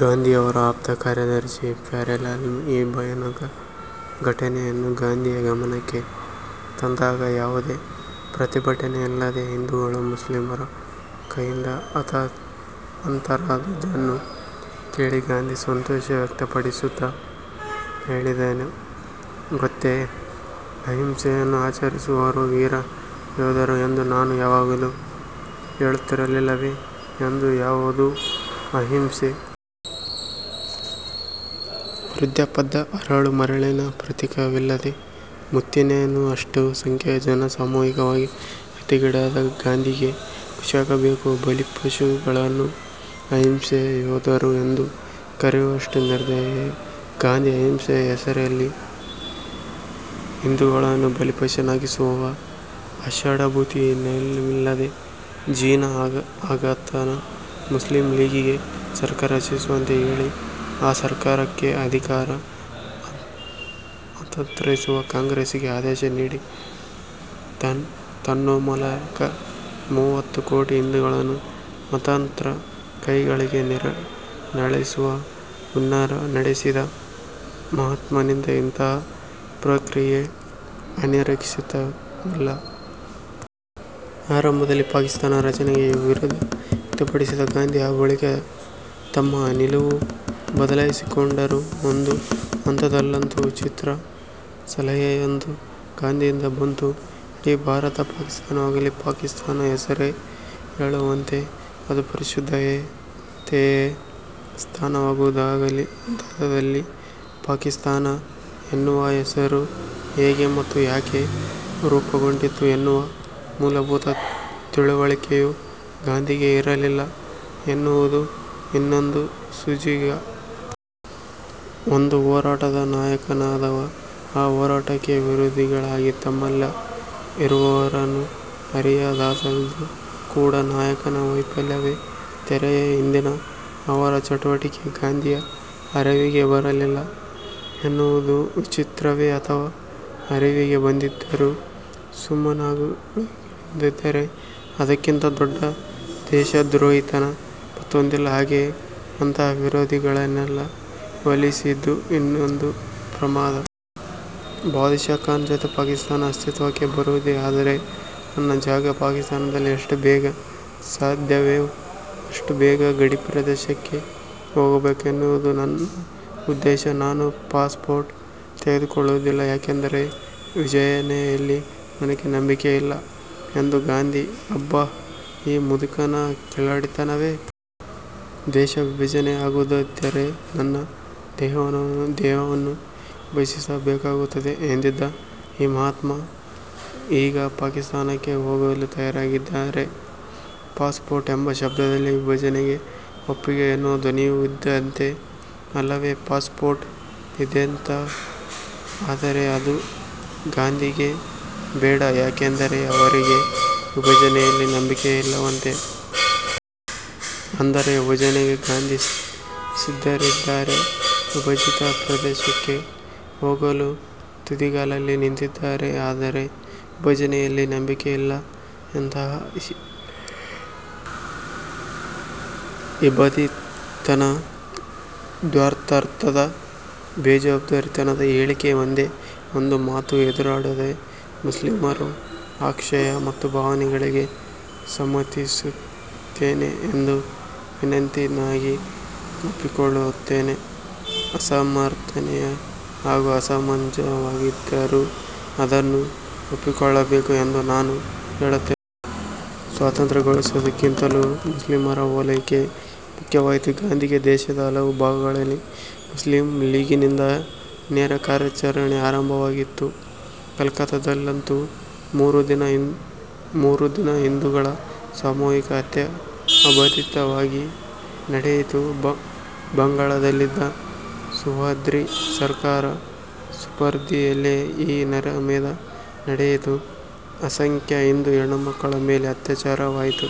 ಗಾಂಧಿಯವರ ಆಪ್ತ, ಕಾರ್ಯದರ್ಶಿ ಪ್ಯಾರೇಲಾಲ್ ಈ ಭಯಾನಕ ಘಟನೆಯನ್ನು ಗಾಂಧಿಯ ಗಮನಕ್ಕೆ ತಂದಾಗ ಯಾವುದೇ ಪ್ರತಿಭಟನೆಯಿಲ್ಲದೆ ಹಿಂದೂಗಳು ಮುಸ್ಲಿಮರ ಕೈಯಿಂದ ಹತರಾದುದನ್ನು ಕೇಳಿ ಗಾಂಧಿ ಸಂತೋಷ ವ್ಯಕ್ತಪಡಿಸುತ್ತಾ ಹೇಳಿದ್ದೇನು ಗೊತ್ತೇ? "ಅಹಿಂಸೆಯನ್ನು ಆಚರಿಸುವವರು ವೀರ ಯೋಧರು ಎಂದು ನಾನು ಯಾವಾಗಲೂ ಹೇಳುತ್ತಿರಲಿಲ್ಲವೇ? " ಎಂದು.. ಯಾವುದು ಅಹಿಂಸೆ? ವೃದ್ದಾಪ್ಯದ ಅರಳು-ಮರಳಿನ ಪ್ರತೀಕವಿದಲ್ಲದೆ ಮತ್ತಿನ್ನೇನು? ಅಷ್ಟು ಸಂಖ್ಯೆಯ ಜನ ಸಾಮೂಹಿಕವಾಗಿ ಹತ್ಯೆಗೀಡಾದಾಗ ಗಾಂಧಿಗೇಕೆ ಖುಷಿಯಾಗಬೇಕು? ಬಲಿಪಶುಗಳನ್ನು ಅಹಿಂಸೆಯ ಯೋಧರು ಎಂದು ಕರೆಯುವಷ್ಟು ನಿರ್ದಯಿಯೇ ಗಾಂಧಿ? ಅಹಿಂಸೆಯ ಹೆಸರಲ್ಲಿ ಹಿಂದೂಗಳನ್ನು ಬಲಿಪಶುಗಳನ್ನಾಗಿಸುವ ಆಷಾಢಭೂತಿತನವಿದಲ್ಲವೇ? ಜಿನ್ನಾ ಹಾಗಾತನ ಮುಸ್ಲಿಂ ಲೀಗಿಗೆ ಸರ್ಕಾರ ರಚಿಸುವಂತೆ ಹೇಳಿ, ಆ ಸರ್ಕಾರಕ್ಕೆ ಅಧಿಕಾರ ಹಸ್ತಾಂತರಿಸುವಂತೆ ಕಾಂಗ್ರೆಸ್ಸಿಗೆ ಆದೇಶ ನೀಡಿ ತನ್ಮೂಲಕ ಮೂವತ್ತು ಕೋಟಿ ಹಿಂದೂಗಳನ್ನು ಮತಾಂಧರ ಕೈಕೆಳಗೆ ನರಳಿಸುವ ಹುನ್ನಾರ ನಡೆಸಿದ ಮಹಾತ್ಮನಿಂದ ಇಂತಹ ಪ್ರತಿಕ್ರಿಯೆ ಅನಿರೀಕ್ಷಿತವೇನಲ್ಲ ಬಿಡಿ! ಆರಂಭದಲ್ಲಿ ಪಾಕಿಸ್ತಾನ ರಚನೆಗೆ ವಿರೋಧ ವ್ಯಕ್ತಪಡಿಸಿದ್ದ ಗಾಂಧಿ ಆ ಬಳಿಕ ತಮ್ಮ ನಿಲುವು ಬದಲಾಯಿಸಿಕೊಂಡರು. ಒಂದು ಹಂತದಲ್ಲಂತೂ ವಿಚಿತ್ರ ಸಲಹೆಯೊಂದು ಗಾಂಧಿಯಿಂದ ಬಂತು. "ಇಡೀ ಭಾರತ ಪಾಕಿಸ್ತಾನವಾಗಲಿ. ಪಾಕಿಸ್ತಾನ ಹೆಸರೇ ಹೇಳುವಂತೆ ಅದು ಪರಿಶುದ್ಧತೆಯ ಸ್ಥಾನವಾಗುವುದಾದಲ್ಲಿ". ಪಾಕಿಸ್ತಾನ ಎನ್ನುವ ಹೆಸರು ಹೇಗೆ ಮತ್ತು ಯಾಕೆ ರೂಪುಗೊಂಡಿತು ಎನ್ನುವ ಮೂಲಭೂತ ತಿಳುವಳಿಕೆಯೂ ಗಾಂಧಿಗೆ ಇರಲಿಲ್ಲ ಎನ್ನುವುದು ಇನ್ನೊಂದು ಸೋಜಿಗ. ಒಂದು ಹೋರಾಟದ ನಾಯಕನಾದವ ಆ ಹೋರಾಟಕ್ಕೆ ವಿರೋಧಿಗಳಾಗಿ ತಮ್ಮಲ್ಲೇ ಇರುವವರನ್ನು ಅರಿಯದಾದದ್ದು ಕೂಡಾ ನಾಯಕನ ವೈಫಲ್ಯವೇ. ತೆರೆಯ ಹಿಂದಿನ ಅವರ ಚಟುವಟಿಕೆ ಗಾಂಧಿಯ ಅರಿವಿಗೇ ಬರಲಿಲ್ಲ ಎನ್ನುವುದೂ ವಿಚಿತ್ರವೇ. ಅಥವಾ ಅರಿವಿಗೆ ಬಂದಿದ್ದರೂ ಸುಮ್ಮನಾಗುಳಿದಿದ್ದರೆ ಅದಕ್ಕಿಂತ ದೊಡ್ದ ದೇಶದ್ರೋಹಿತನ ಮತ್ತೊಂದಿಲ್ಲ. ಹಾಗೆಯೇ ಅಂತಹ ವಿರೋಧಿಗಳನ್ನೇ ಓಲೈಸಿದ್ದು ಇನ್ನೊಂದು ಪ್ರಮಾದ! ಬಾದಶಾ ಖಾನ್ ಜೊತೆ "ಪಾಕಿಸ್ತಾನ ಅಸ್ತಿತ್ವಕ್ಕೆ ಬರುವುದೇ ಆದರೆ ನನ್ನ ಜಾಗ ಪಾಕಿಸ್ತಾನದಲ್ಲಿ. ಎಷ್ಟು ಬೇಗ ಸಾಧ್ಯವೋ ಅಷ್ಟು ಬೇಗ ಗಡಿಪ್ರದೇಶಕ್ಕೆ ಹೋಗಬೇಕೆನ್ನುವುದು ನನ್ನ ಉದ್ದೇಶ. ನಾನು ಪಾಸ್ ಪೋರ್ಟ್ ತೆಗೆದುಕೊಳ್ಳುವುದಿಲ್ಲ. ಯಾಕೆಂದರೆ ವಿಭಜನೆಯಲ್ಲಿ ನನಗೆ ನಂಬಿಕೆಯಿಲ್ಲ. " ಎಂದರು ಗಾಂಧಿ. ಅಬ್ಬಾ ಈ ಮುದುಕನ ಕಿಲಾಡಿತನವೇ! ದೇಶವಿಭಜನೆ ಆಗುವುದಿದ್ದರೆ ನನ್ನ ದೇಹವನ್ನು ವಿಭಜಿಸಬೇಕಾಗುತ್ತದೆ ಎಂದಿದ್ದ ಈ ಮಹಾತ್ಮ ಈಗ ಪಾಕಿಸ್ತಾನಕ್ಕೆ ಹೋಗಲೂ ತಯಾರಾಗಿದ್ದಾರೆ! ಪಾಸ್ ಪೋರ್ಟ್ ಎಂಬ ಶಬ್ಧದಲ್ಲೆ ವಿಭಜನೆಗೆ ಒಪ್ಪಿಗೆ ಎನ್ನುವ ಧ್ವನಿಯೂ ಇದ್ದಂತೆ ಅಲ್ಲವೇ. ಪಾಸ್ ಪೋರ್ಟ್ ಇದೆಯಂತೆ. ಆದರೆ ಅದು ಗಾಂಧಿಗೆ ಬೇಡ. ಯಾಕೆಂದರೆ ಅವರಿಗೆ ವಿಭಜನೆಯಲ್ಲಿ ನಂಬಿಕೆಯಿಲ್ಲವಂತೆ. ಅಂದರೆ ವಿಭಜನೆಗೆ ಗಾಂಧಿ ಸಿದ್ಧರಿದ್ದಾರೆ, ವಿಭಜಿತ ಪ್ರದೇಶಕ್ಕೆ ಹೋಗಲೂ ತುದಿಗಾಲಲ್ಲಿ ನಿಂತಿದ್ದಾರೆ, ಆದರೆ ವಿಭಜನೆಯಲ್ಲಿ ನಂಬಿಕೆಯಿಲ್ಲ! ಎಂತಹಾ ಇಬ್ಬಂದಿತನ, ದ್ವಂದ್ವಾರ್ಥದ, ಬೇಜವಾಬ್ದಾರಿತನದ ಹೇಳಿಕೆ! "ಒಂದೇ ಒಂದು ಮಾತು ಎದುರಾಡದೆ ಮುಸ್ಲಿಮರ ಆಕಾಂಕ್ಷೆ ಮತ್ತು ಭಾವನೆಗಳಿಗೆ ಸಮ್ಮತಿಸುತ್ತೇನೆ ಎಂದು ವಿನೀತನಾಗಿ ಒಪ್ಪಿಕೊಳ್ಳುತ್ತೇನೆ. ಅಸಮರ್ಥನೀಯ ಹಾಗೂ ಅಸಮಂಜಸವಾಗಿದ್ದರೂ ಅದನ್ನು ಒಪ್ಪಿಕೊಳ್ಳಬೇಕು ಎಂದು ನಾನು ಹೇಳುತ್ತೇನೆ. ಸ್ವಾತಂತ್ರ್ಯಗಳಿಸುವುದಕ್ಕಿಂತಲೂ ಮುಸ್ಲಿಮರ ಓಲೈಕೆಯೇ ಮುಖ್ಯವಾಯಿತು ಗಾಂಧಿಗೆ! ದೇಶದ ಹಲವು ಭಾಗಗಳಲ್ಲಿ ಮುಸ್ಲಿಂ ಲೀಗಿನಿಂದ ನೇರ ಕಾರ್ಯಾಚರಣೆ ಆರಂಭವಾಗಿತ್ತು. ಕಲ್ಕತ್ತಾದಲ್ಲಂತೂ ಮೂರು ದಿನ ಹಿಂದೂಗಳ ಸಾಮೂಹಿಕ ಹತ್ಯೆ ಅಬಾಧಿತವಾಗಿ ನಡೆಯಿತು. ಬಂಗಾಳದಲ್ಲಿದ್ದ ಸುಹ್ರಾವರ್ದಿ ಸರಕಾರದ ಸುಪರ್ದಿಯಲ್ಲೇ ಈ ನರಮೇಧ ನಡೆಯಿತು. ಅಸಂಖ್ಯ ಹಿಂದೂ ಹೆಣ್ಣುಮಕ್ಕಳ ಮೇಲೆ ಅತ್ಯಾಚಾರವಾಯಿತು.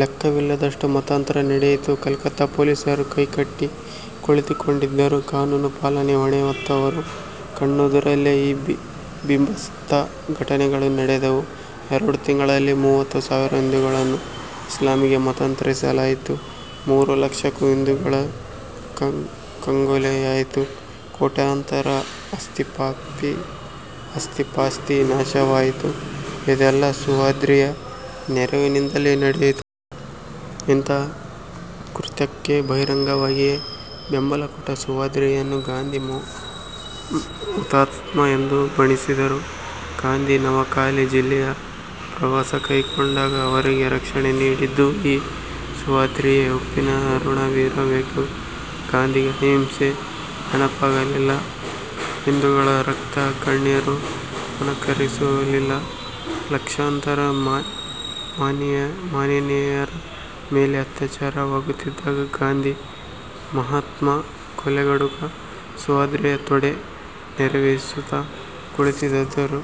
ಲೆಖ್ಖವಿಲ್ಲದಷ್ಟು ಮತಾಂತರ ನಡೆಯಿತು. ಕಲ್ಕತ್ತಾ ಪೊಲೀಸರು ಕೈಕಟ್ಟಿ ಕುಳಿತುಕೊಂಡಿದ್ದರು. ಕಾನೂನು ಪಾಲನೆ ಹೊಣೆಹೊತ್ತವರ ಕಣ್ಣೆದುರಲ್ಲೇ ಈ ಭೀಭತ್ಸ ಘಟನೆಗಳು ನಡೆದವು. ಎರಡು ತಿಂಗಳಲ್ಲಿ ಮೂವತ್ತು ಸಾವಿರ ಹಿಂದೂಗಳನ್ನು ಇಸ್ಲಾಮಿಗೆ ಮತಾಂತರಿಸಲಾಯಿತು. ಮೂರು ಲಕ್ಷಕ್ಕೂ ಹಿಂದೂಗಳ ಕಗ್ಗೊಲೆಯಾಯಿತು. ಕೋಟ್ಯಾಂತರ ಆಸ್ತಿಪಾಸ್ತಿ ನಾಶವಾಯಿತು. ಇದೆಲ್ಲಾ ಸುಹ್ರಾವರ್ದಿಯ ನೆರವಿನಿಂದಲೇ ನಡೆಯಿತು. ಇಂತಹ ಕುಕೃತ್ಯಕ್ಕೆ ಬಹಿರಂಗವಾಗಿಯೇ ಬೆಂಬಲ ಕೊಟ್ಟ ಸುಹ್ರಾವರ್ದಿಯನ್ನು ಗಾಂಧಿ "ಹುತಾತ್ಮ" ಎಂದು ಬಣ್ಣಿಸಿದರು. ಗಾಂಧಿ ನವಖಾಲಿ ಜಿಲ್ಲೆಯ ಪ್ರವಾಸ ಕೈಗೊಂಡಾಗ ಅವರಿಗೆ ರಕ್ಷಣೆ ನೀಡಿದ್ದು ಈ ಸುಹ್ರಾವರ್ದಿಯೇ. ಉಪ್ಪಿನ ಋಣವಿರಬೇಕು! ಗಾಂಧಿಗೆ ಅಹಿಂಸೆ ನೆನಪಾಗಲಿಲ್ಲ! ಹಿಂದೂಗಳ ರಕ್ತ ಕಣ್ಣೀರು ಮನಕರಗಿಸಲಿಲ್ಲ. ಲಕ್ಷಾಂತರ ಮಾನಿನಿಯರ ಮೇಲೆ ಅತ್ಯಾಚಾರವಾಗುತ್ತಿದ್ದಾಗ ಗಾಂಧಿ ಮಹಾತ್ಮ ಕೊಲೆಗಡುಗ ಸುಹ್ರಾವರ್ದಿಯ ತೊಡೆ ನೇವರಿಸುತ್ತಾ ಕುಳಿತಿದ್ದರು!